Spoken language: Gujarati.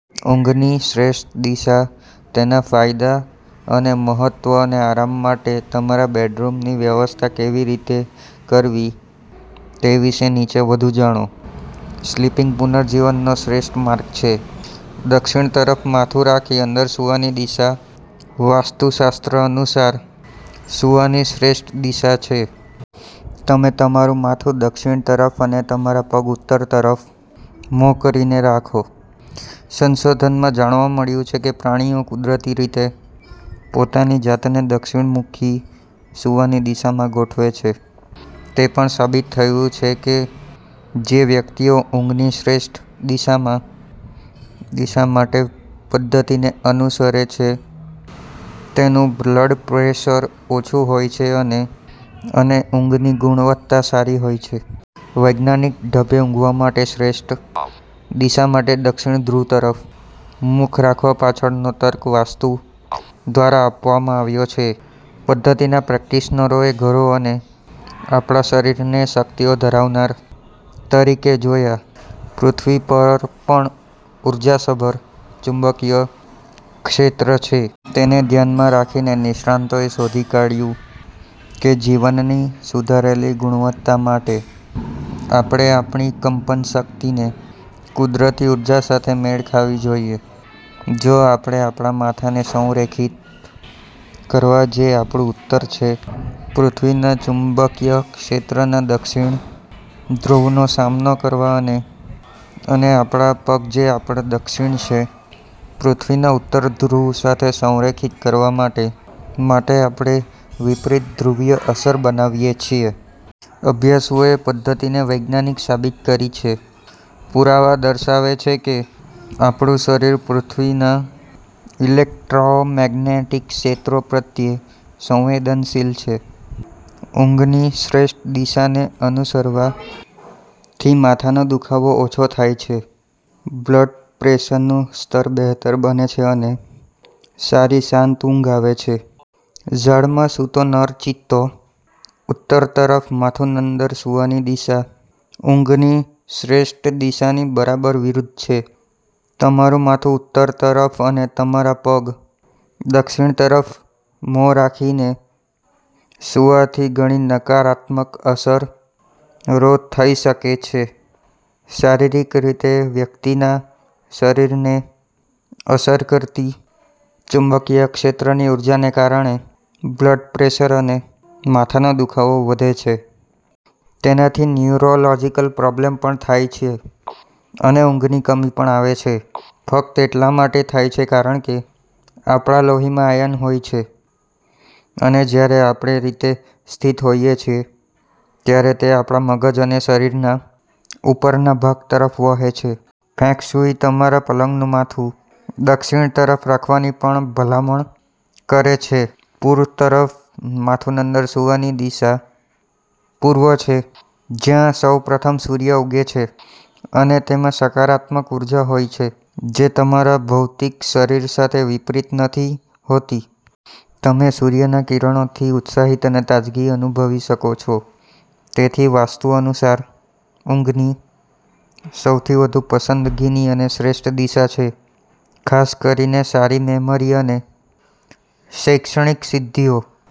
ઊંઘની શ્રેષ્ઠ દિશા, તેના ફાયદા અને મહત્વ અને આરામ માટે તમારા બેડરૂમની વ્યવસ્થા કેવી રીતે કરવી તે વિશે નીચે વધુ જાણો. સ્લીપિંગ પુનર્જીવનનો શ્રેષ્ઠ માર્ગ છે. દક્ષિણ તરફ માથું રાખી અંદર સૂવાની દિશા વાસ્તુશાસ્ત્ર અનુસાર સૂવાની શ્રેષ્ઠ દિશા છે. તમે તમારું માથું દક્ષિણ તરફ અને તમારા પગ ઉત્તર તરફ મોં કરીને રાખો. સંશોધનમાં જાણવા મળ્યું છે કે પ્રાણીઓ કુદરતી રીતે પોતાની જાતને દક્ષિણ-મુખી સૂવાની દિશામાં ગોઠવે છે. તે પણ સાબિત થયું છે કે જે વ્યક્તિઓ ઊંઘની શ્રેષ્ઠ દિશા માટેપદ્ધતિને અનુસરે છે તેમનું બ્લડ પ્રેશર ઓછું હોય છે અને ઊંઘની ગુણવત્તા સારી હોય છે. વૈજ્ઞાનિક ઢબે ઊંઘવા માટે શ્રેષ્ઠ દિશા માટે દક્ષિણ ધ્રુવ તરફ મુખ રાખવા પાછળનો તર્ક વાસ્તુ દ્વારા આપવામાં આવ્યો છે. પદ્ધતિના પ્રેક્ટિશનરોએ ઘરો અને આપણા શરીરને શક્તિઓ ધરાવનાર તરીકે જોયા. પૃથ્વી પર પણ ઊર્જાસભર ચુંબકીય ક્ષેત્ર છે. તેને ધ્યાનમાં રાખીને, નિષ્ણાતોએ શોધી કાઢ્યું કેજીવનની સુધારેલી ગુણવત્તા માટે, આપણે આપણી કંપન શક્તિને કુદરતી ઊર્જા સાથે મેળ ખાવી જોઈએ. જો આપણે આપણા માથાને સંરેખિત કરવા જે આપણું ઉત્તર છે, પૃથ્વીના ચુંબકીય ક્ષેત્રના દક્ષિણ ધ્રુવનો સામનો કરવા અને આપણા પગ જે આપણા દક્ષિણ છે, પૃથ્વીના ઉત્તર ધ્રુવ સાથે સંરેખિત કરવા માટે, આપણે વિપરીત ધ્રુવીય અસર બનાવીએ છીએ. અભ્યાસુઓએ પદ્ધતિને વૈજ્ઞાનિક સાબિત કરી છે. પુરાવા દર્શાવે છે કે આપણું શરીર પૃથ્વીના ઇલેક્ટ્રોમેગ્નેટિક ક્ષેત્રો પ્રત્યે સંવેદનશીલ છે. ઊંઘની શ્રેષ્ઠ દિશાને અનુસરવાથી માથાનો દુખાવો ઓછો થાય છે, બ્લડ પ્રેશરનું સ્તર બહેતર બને છે અને સારી શાંત ઊંઘ આવે છે. ઝાડમાં સૂતો નર ચિત્તો ઉત્તર તરફ માથુંઅંદર સૂવાની દિશાઊંઘની શ્રેષ્ઠ દિશાની બરાબર વિરુદ્ધ છે. તમારું માથું ઉત્તર તરફ અને તમારા પગ દક્ષિણ તરફ મોં રાખીને સૂવાથી ઘણી નકારાત્મક અસરો થઈ શકે છે. શારીરિક રીતે, વ્યક્તિના શરીરને અસર કરતી ચુંબકીય ક્ષેત્રની ઊર્જાને કારણે બ્લડ પ્રેશર અને માથાનો દુખાવો વધે છે. તેનાથી ન્યુરોલોજિકલ પ્રોબ્લેમ પણ થાય છે અને ઊંઘની કમી પણ આવે છે. ફક્ત એટલા માટે થાય છે કારણ કે આપણા લોહીમાં આયર્ન હોય છે અને જ્યારે આપણેરીતે સ્થિત હોઈએ છીએ ત્યારે તે આપણા મગજ અને શરીરના ઉપરના ભાગ તરફ વહે છે. ફેંગશુઈ તમારા પલંગનું માથું દક્ષિણ તરફ રાખવાની પણ ભલામણ કરે છે. પૂર્વ તરફ માથુંઅંદર સૂવાની દિશા પૂર્વછે જ્યાં સૌપ્રથમ સૂર્ય ઉગે છે અને તેમાં સકારાત્મક ઉર્જા હોય છે જે તમારા ભૌતિક શરીર સાથે વિપરીત નથી હોતી. તમે સૂર્યના કિરણોથી ઉત્સાહિત અને તાજગી અનુભવી શકો છો. તેથી, વાસ્તુ અનુસાર ઊંઘની સૌથી વધુ પસંદગીની અને શ્રેષ્ઠ દિશા છે. ખાસ કરીને સારી મેમરી અને શૈક્ષણિક સિદ્ધિઓ